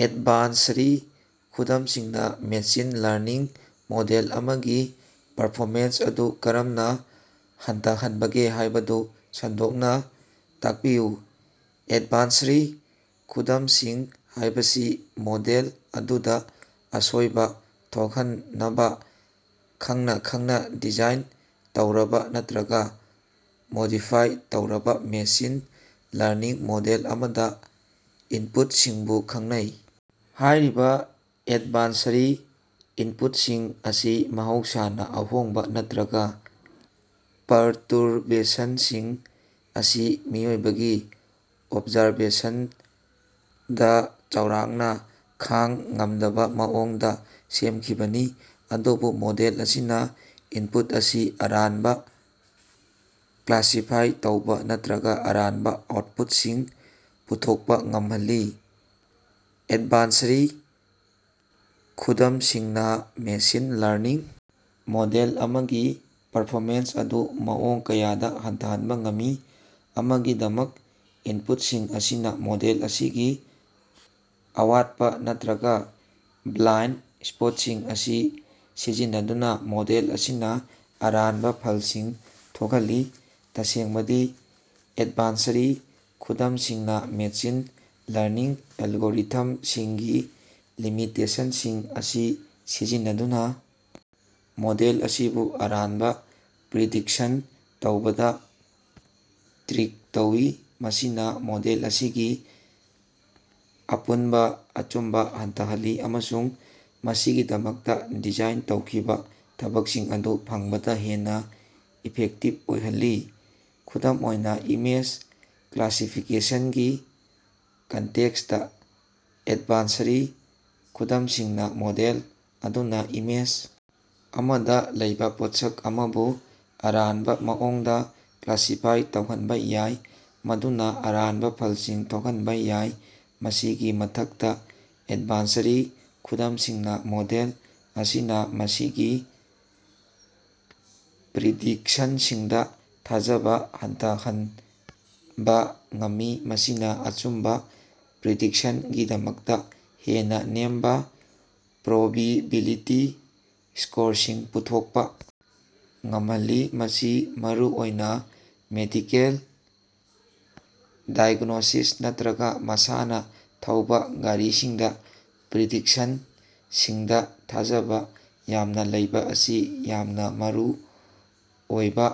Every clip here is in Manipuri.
ꯑꯦꯗꯚꯥꯟꯁꯔꯤ ꯈꯨꯗꯝꯁꯤꯡꯅ ꯃꯦꯁꯤꯟ ꯂꯔꯅꯤꯡ ꯃꯣꯗꯦꯜ ꯑꯃꯒꯤ ꯄꯔꯐꯣꯃꯦꯟꯁ ꯑꯗꯨ ꯀꯔꯝꯅ ꯍꯟꯊꯍꯟꯕꯒꯦ ꯍꯥꯏꯕꯗꯨ ꯁꯟꯗꯣꯛꯅ ꯇꯥꯛꯄꯤꯌꯨ꯫ ꯑꯦꯗꯚꯥꯟꯁꯔꯤ ꯈꯨꯗꯝꯁꯤꯡ ꯍꯥꯏꯕꯁꯤ ꯃꯣꯗꯦꯜ ꯑꯗꯨꯗ ꯑꯁꯣꯏꯕ ꯊꯣꯛꯍꯟꯅꯕ ꯈꯪꯅ ꯈꯪꯅ ꯗꯤꯖꯥꯏꯟ ꯇꯧꯔꯕ ꯅꯠꯇ꯭ꯔꯒ ꯃꯣꯗꯤꯐꯥꯏ ꯇꯧꯔꯕ ꯃꯦꯁꯤꯟ ꯂꯔꯅꯤꯡ ꯃꯣꯗꯦꯜ ꯑꯃꯗ ꯏꯟꯄꯨꯠꯁꯤꯡꯕꯨ ꯈꯪꯅꯩ꯫ ꯍꯥꯏꯔꯤꯕ ꯑꯦꯗꯚꯥꯟꯁꯔꯤ ꯏꯟꯄꯨꯠꯁꯤꯡ ꯑꯁꯤ ꯃꯍꯧꯁꯥꯅ ꯑꯍꯣꯡꯕ ꯅꯠꯇ꯭ꯔꯒ ꯄꯔꯇꯨꯔꯕꯦꯁꯟꯁꯤꯡ ꯑꯁꯤ ꯃꯤꯑꯣꯏꯕꯒꯤ ꯑꯣꯕꯖꯥꯔꯕꯦꯁꯟꯗ ꯆꯥꯎꯔꯥꯛꯅ ꯈꯡ ꯉꯝꯗꯕ ꯃꯑꯣꯡꯗ ꯁꯦꯝꯈꯤꯕꯅꯤ, ꯑꯗꯨꯕꯨ ꯃꯣꯗꯦꯜ ꯑꯁꯤꯅ ꯏꯟꯄꯨꯠ ꯑꯁꯤ ꯑꯔꯥꯟꯕ ꯀ꯭ꯂꯥꯁꯤꯐꯥꯏ ꯇꯧꯕ ꯅꯠꯇ꯭ꯔꯒ ꯑꯔꯥꯟꯕ ꯑꯥꯎꯠꯄꯨꯠꯁꯤꯡ ꯄꯨꯊꯣꯛꯄ ꯉꯝꯍꯜꯂꯤ꯫ ꯑꯦꯗꯚꯥꯟꯁꯔꯤ ꯈꯨꯗꯝꯁꯤꯡꯅ ꯃꯦꯁꯤꯟ ꯂꯔꯅꯤꯡ ꯃꯣꯗꯦꯜ ꯑꯃꯒꯤ ꯄꯔꯐꯣꯃꯦꯟꯁ ꯑꯗꯨ ꯃꯑꯣꯡ ꯀꯌꯥꯗ ꯍꯟꯊꯍꯟꯕ ꯉꯝꯃꯤ꯫ ꯑꯃꯒꯤꯗꯃꯛ, ꯏꯟꯄꯨꯠꯁꯤꯡ ꯑꯁꯤꯅ ꯃꯣꯗꯦꯜ ꯑꯁꯤꯒꯤ ꯑꯋꯥꯠꯄ ꯅꯠꯇ꯭ꯔꯒ ꯕ꯭ꯂꯥꯏꯟꯗ ꯁ꯭ꯄꯣꯠꯁꯤꯡ ꯑꯁꯤ ꯁꯤꯖꯤꯟꯅꯗꯨꯅ ꯃꯣꯗꯦꯜ ꯑꯁꯤꯅ ꯑꯔꯥꯟꯕ ꯐꯜꯁꯤꯡ ꯊꯣꯛꯍꯜꯂꯤ꯫ ꯇꯁꯦꯡꯕꯗꯤ, ꯑꯦꯗꯚꯥꯟꯁꯔꯤ ꯈꯨꯗꯝꯁꯤꯡꯅ ꯃꯦꯁꯤꯟ ꯂꯔꯅꯤꯡ ꯑꯦꯜꯒꯣꯔꯤꯊꯝꯁꯤꯡꯒꯤ ꯂꯤꯃꯤꯇꯦꯁꯟꯁꯤꯡ ꯑꯁꯤ ꯁꯤꯖꯤꯟꯅꯗꯨꯅ ꯃꯣꯗꯦꯜ ꯑꯁꯤꯕꯨ ꯑꯔꯥꯟꯕ ꯄ꯭ꯔꯤꯗꯤꯛꯁꯟ ꯇꯧꯕꯗ "ꯇ꯭ꯔꯤꯛ" ꯇꯧꯏ꯫ ꯃꯁꯤꯅ ꯃꯣꯗꯦꯜ ꯑꯁꯤꯒꯤ ꯑꯄꯨꯃꯟꯕ ꯑꯆꯨꯝꯕ ꯍꯟꯊꯍꯜꯂꯤ ꯑꯃꯁꯨꯡ ꯃꯁꯤꯒꯤꯗꯃꯛꯇ ꯗꯤꯖꯥꯏꯟ ꯇꯧꯈꯤꯕ ꯊꯕꯛꯁꯤꯡ ꯑꯗꯨ ꯐꯪꯕꯗ ꯍꯦꯟꯅ ꯏꯐꯦꯛꯇꯤꯕ ꯑꯣꯏꯍꯜꯂꯤ꯫ ꯈꯨꯗꯝ ꯑꯣꯏꯅ, ꯏꯃꯦꯖ ꯀ꯭ꯂꯥꯁꯤꯐꯤꯀꯦꯁꯟꯒꯤ ꯀꯟꯇꯦꯛꯁꯇ, ꯑꯦꯗꯚꯥꯟꯁꯔꯤ ꯈꯨꯗꯝꯁꯤꯡꯅ ꯃꯣꯗꯦꯜ ꯑꯗꯨꯅ ꯏꯃꯦꯖ ꯑꯃꯗ ꯂꯩꯕ ꯄꯣꯠꯁꯛ ꯑꯃꯕꯨ ꯑꯔꯥꯟꯕ ꯃꯑꯣꯡꯗ ꯀ꯭ꯂꯥꯁꯤꯐꯥꯏ ꯇꯧꯍꯟꯕ ꯌꯥꯏ, ꯃꯗꯨꯅ ꯑꯔꯥꯟꯕ ꯐꯜꯁꯤꯡ ꯊꯣꯛꯍꯟꯕ ꯌꯥꯏ꯫ ꯃꯁꯤꯒꯤ ꯃꯊꯛꯇ, ꯑꯦꯗꯚꯥꯟꯁꯔꯤ ꯈꯨꯗꯝꯁꯤꯡꯅ ꯃꯣꯗꯦꯜ ꯑꯁꯤꯅ ꯃꯁꯤꯒꯤ ꯄ꯭ꯔꯤꯗꯤꯛꯁꯅꯁꯤꯡꯗꯥ ꯊꯥꯖꯕꯥ ꯍꯟꯊꯍꯅꯕꯥ ꯉꯝꯃꯤ, ꯃꯁꯤꯅ ꯑꯆꯨꯝꯕ ꯄ꯭ꯔꯤꯗꯤꯛꯁꯟꯒꯤꯗꯃꯛꯇ ꯍꯦꯟꯅ ꯅꯦꯝꯕ ꯄ꯭ꯔꯣꯕꯤꯕꯤꯂꯤꯇꯤ ꯁ꯭ꯀꯣꯔꯁꯤꯡ ꯄꯨꯊꯣꯛꯄ ꯉꯝꯍꯜꯂꯤ꯫ ꯃꯁꯤ ꯃꯔꯨꯑꯣꯏꯅ ꯃꯦꯗꯤꯀꯦꯜ ꯗꯥꯏꯒ꯭ꯅꯣꯁꯤꯁ ꯅꯠꯇ꯭ꯔꯒ ꯃꯁꯥꯅ ꯊꯧꯕ ꯒꯥꯔꯤꯁꯤꯡꯗ ꯄ꯭ꯔꯤꯗꯤꯛꯁꯟꯁꯤꯡꯗ ꯊꯥꯖꯕ ꯌꯥꯝꯅ ꯂꯩꯕ ꯑꯁꯤ ꯌꯥꯝꯅ ꯃꯔꯨꯑꯣꯏꯕ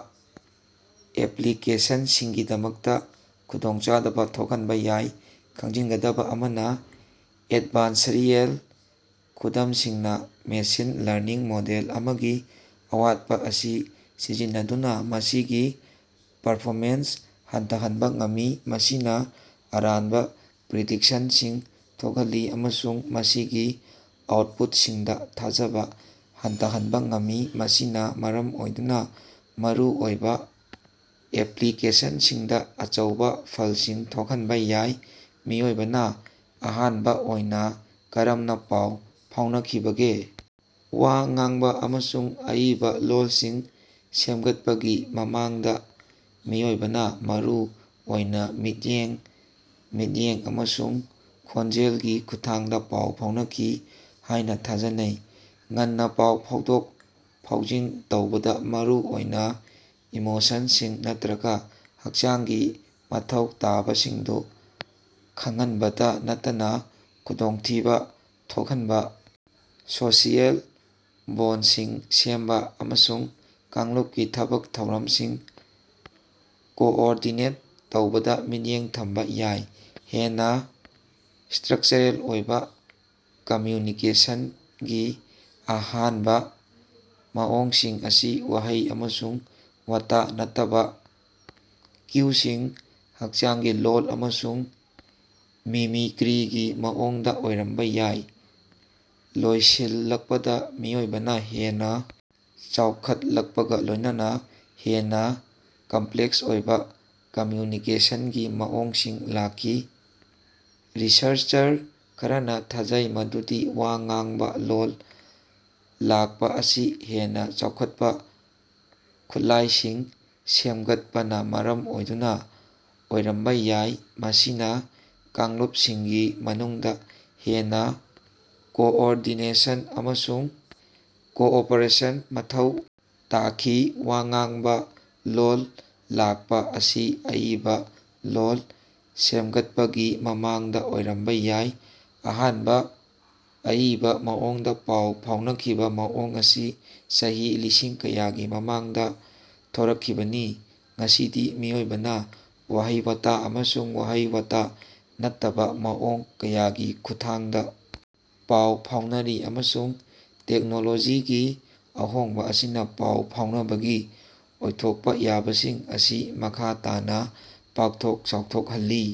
ꯑꯦꯄ꯭ꯂꯤꯀꯦꯁꯟꯁꯤꯡꯒꯤꯗꯃꯛꯇ ꯈꯨꯗꯣꯡꯆꯥꯗꯕ ꯊꯣꯛꯍꯟꯕ ꯌꯥꯏ꯫ ꯈꯪꯖꯤꯟꯒꯗꯕ ꯑꯃꯅ, ꯑꯦꯗꯚꯥꯟꯁꯔꯤꯌꯜ ꯈꯨꯗꯝꯁꯤꯡꯅ ꯃꯦꯁꯤꯟ ꯂꯔꯅꯤꯡ ꯃꯣꯗꯦꯜ ꯑꯃꯒꯤ ꯑꯋꯥꯠꯄ ꯑꯁꯤ ꯁꯤꯖꯤꯟꯅꯗꯨꯅ ꯃꯁꯤꯒꯤ ꯄꯔꯐꯣꯃꯦꯟꯁ ꯍꯟꯊꯍꯟꯕ ꯉꯝꯃꯤ, ꯃꯁꯤꯅ ꯑꯔꯥꯟꯕ ꯄ꯭ꯔꯤꯗꯤꯛꯁꯟꯁꯤꯡ ꯊꯣꯛꯍꯜꯂꯤ ꯑꯃꯁꯨꯡ ꯃꯁꯤꯒꯤ ꯑꯥꯎꯠꯄꯨꯠꯁꯤꯡꯗ ꯊꯥꯖꯕ ꯍꯟꯊꯍꯟꯕ ꯉꯝꯃꯤ, ꯃꯁꯤꯅ ꯃꯔꯝ ꯑꯣꯏꯗꯨꯅ ꯃꯔꯨ ꯑꯣꯏꯕ ꯑꯦꯄ꯭ꯂꯤꯀꯦꯁꯟꯁꯤꯡꯗ ꯑꯆꯧꯕ ꯐꯜꯁꯤꯡ ꯊꯣꯛꯍꯟꯕ ꯌꯥꯏ꯫ ꯃꯤꯑꯣꯏꯕꯅ ꯑꯍꯥꯟꯕ ꯑꯣꯏꯅ ꯀꯔꯝꯅ ꯄꯥꯎ ꯐꯥꯎꯅꯈꯤꯕꯒꯦ? ꯋꯥ ꯉꯥꯡꯕ ꯑꯃꯁꯨꯡ ꯑꯏꯕ ꯂꯣꯜꯁꯤꯡ ꯁꯦꯝꯒꯠꯄꯒꯤ ꯃꯃꯥꯡꯗ ꯃꯤꯑꯣꯏꯕꯅ ꯃꯔꯨ ꯑꯣꯏꯅ ꯃꯤꯠꯌꯦꯡ, ꯃꯤꯠꯌꯦꯡ ꯑꯃꯁꯨꯡ ꯈꯣꯟꯖꯦꯜꯒꯤ ꯈꯨꯠꯊꯥꯡꯗ ꯄꯥꯎ ꯐꯥꯎꯅꯈꯤ ꯍꯥꯏꯅ ꯊꯥꯖꯅꯩ꯫ ꯉꯟꯅ ꯄꯥꯎ ꯐꯥꯎꯗꯣꯛ-ꯐꯥꯎꯖꯤꯟ ꯇꯧꯕꯗ ꯃꯔꯨꯑꯣꯏꯅ ꯏꯃꯣꯁꯟꯁꯤꯡ ꯅꯠꯇ꯭ꯔꯒ ꯍꯛꯆꯥꯡꯒꯤ ꯃꯊꯧ ꯇꯥꯕꯁꯤꯡꯗꯨ ꯈꯪꯍꯟꯕꯇ ꯅꯠꯇꯅ ꯈꯨꯗꯣꯡꯊꯤꯕ ꯊꯣꯛꯍꯟꯕ, ꯁꯣꯁꯤꯑꯦꯜ ꯕꯣꯟꯗꯁꯤꯡ ꯁꯦꯝꯕ, ꯑꯃꯁꯨꯡ ꯀꯥꯡꯂꯨꯞꯀꯤ ꯊꯕꯛ-ꯊꯧꯔꯝꯁꯤꯡ ꯀꯣꯑꯣꯔꯗꯤꯅꯦꯠ ꯇꯧꯕꯗ ꯃꯤꯠꯌꯦꯡ ꯊꯝꯕ ꯌꯥꯏ꯫ ꯍꯦꯟꯅ ꯁ꯭ꯇꯔꯛꯆꯔꯦꯜ ꯑꯣꯏꯕ ꯀꯝꯃ꯭ꯌꯨꯅꯤꯀꯦꯁꯟꯒꯤ ꯑꯍꯥꯟꯕ ꯃꯑꯣꯡꯁꯤꯡ ꯑꯁꯤ ꯋꯥꯍꯩ ꯑꯃꯁꯨꯡ ꯋꯥꯍꯩ ꯅꯠꯇꯕ ꯀ꯭ꯌꯨꯁꯤꯡ, ꯍꯛꯆꯥꯡꯒꯤ ꯂꯣꯜ ꯑꯃꯁꯨꯡ ꯃꯤꯃꯤꯀ꯭ꯔꯤꯒꯤ ꯃꯑꯣꯡꯗ ꯑꯣꯏꯔꯝꯕ ꯌꯥꯏ꯫ ꯂꯣꯏꯁꯤꯜꯂꯛꯄꯗ ꯃꯤꯑꯣꯏꯕꯅ ꯍꯦꯟꯅ ꯆꯥꯎꯈꯠꯂꯛꯄꯒ ꯂꯣꯏꯅꯅ ꯍꯦꯟꯅ ꯀꯝꯄ꯭ꯂꯦꯛꯁ ꯑꯣꯏꯕ ꯀꯝꯃ꯭ꯌꯨꯅꯤꯀꯦꯁꯟꯒꯤ ꯃꯑꯣꯡꯁꯤꯡ ꯂꯥꯛꯈꯤ꯫ ꯔꯤꯁꯔꯆꯔ ꯈꯔꯅ ꯊꯥꯖꯩ ꯃꯗꯨꯗꯤ ꯋꯥ ꯉꯥꯡꯕ ꯂꯣꯜ ꯂꯥꯛꯄ ꯑꯁꯤ ꯍꯦꯟꯅ ꯆꯥꯎꯈꯠꯄ ꯈꯨꯠꯂꯥꯏꯁꯤꯡ ꯁꯦꯝꯒꯠꯄꯅ ꯃꯔꯝ ꯑꯣꯏꯗꯨꯅ ꯑꯣꯏꯔꯝꯕ ꯌꯥꯏ, ꯃꯁꯤꯅ ꯀꯥꯡꯂꯨꯞꯁꯤꯡꯒꯤ ꯃꯅꯨꯡꯗ ꯍꯦꯟꯅ ꯀꯣꯑꯣꯔꯗꯤꯅꯦꯁꯟ ꯑꯃꯁꯨꯡ ꯀꯣꯑꯣꯄꯔꯦꯁꯟ ꯃꯊꯧ ꯇꯥꯈꯤ꯫ ꯋꯥ ꯉꯥꯡꯕ ꯂꯣꯜ ꯂꯥꯛꯄ ꯑꯁꯤ ꯑꯏꯕ ꯂꯣꯜ ꯁꯦꯝꯒꯠꯄꯒꯤ ꯃꯃꯥꯡꯗ ꯑꯣꯏꯔꯝꯕ ꯌꯥꯏ, ꯑꯍꯥꯟꯕ ꯑꯏꯕ ꯃꯑꯣꯡꯗ ꯄꯥꯎ ꯐꯥꯎꯅꯕꯒꯤ ꯃꯑꯣꯡ ꯑꯁꯤ ꯆꯍꯤ ꯂꯤꯁꯤꯡ ꯀꯌꯥꯒꯤ ꯃꯃꯥꯡꯗ ꯊꯣꯔꯛꯈꯤꯕꯅꯤ꯫ ꯉꯁꯤꯗꯤ ꯃꯤꯑꯣꯏꯕꯅ ꯋꯥꯍꯩ-ꯋꯥꯇꯥ ꯑꯃꯁꯨꯡ ꯋꯥꯍꯩ-ꯋꯥꯇꯥ ꯅꯠꯇꯕ ꯃꯑꯣꯡ ꯀꯌꯥꯒꯤ ꯈꯨꯠꯊꯥꯡꯗ ꯄꯥꯎ ꯐꯥꯎꯅꯔꯤ, ꯑꯃꯁꯨꯡ ꯇꯦꯛꯅꯣꯂꯣꯖꯤꯒꯤ ꯑꯍꯣꯡꯕ ꯑꯁꯤꯅ ꯄꯥꯎ ꯐꯥꯎꯅꯕꯒꯤ ꯑꯣꯏꯊꯣꯛꯄ ꯌꯥꯕꯁꯤꯡ ꯑꯁꯤ ꯃꯈꯥ ꯇꯥꯅ ꯄꯥꯛꯊꯣꯛ-ꯆꯥꯎꯊꯣꯛꯍꯜꯂꯤ꯫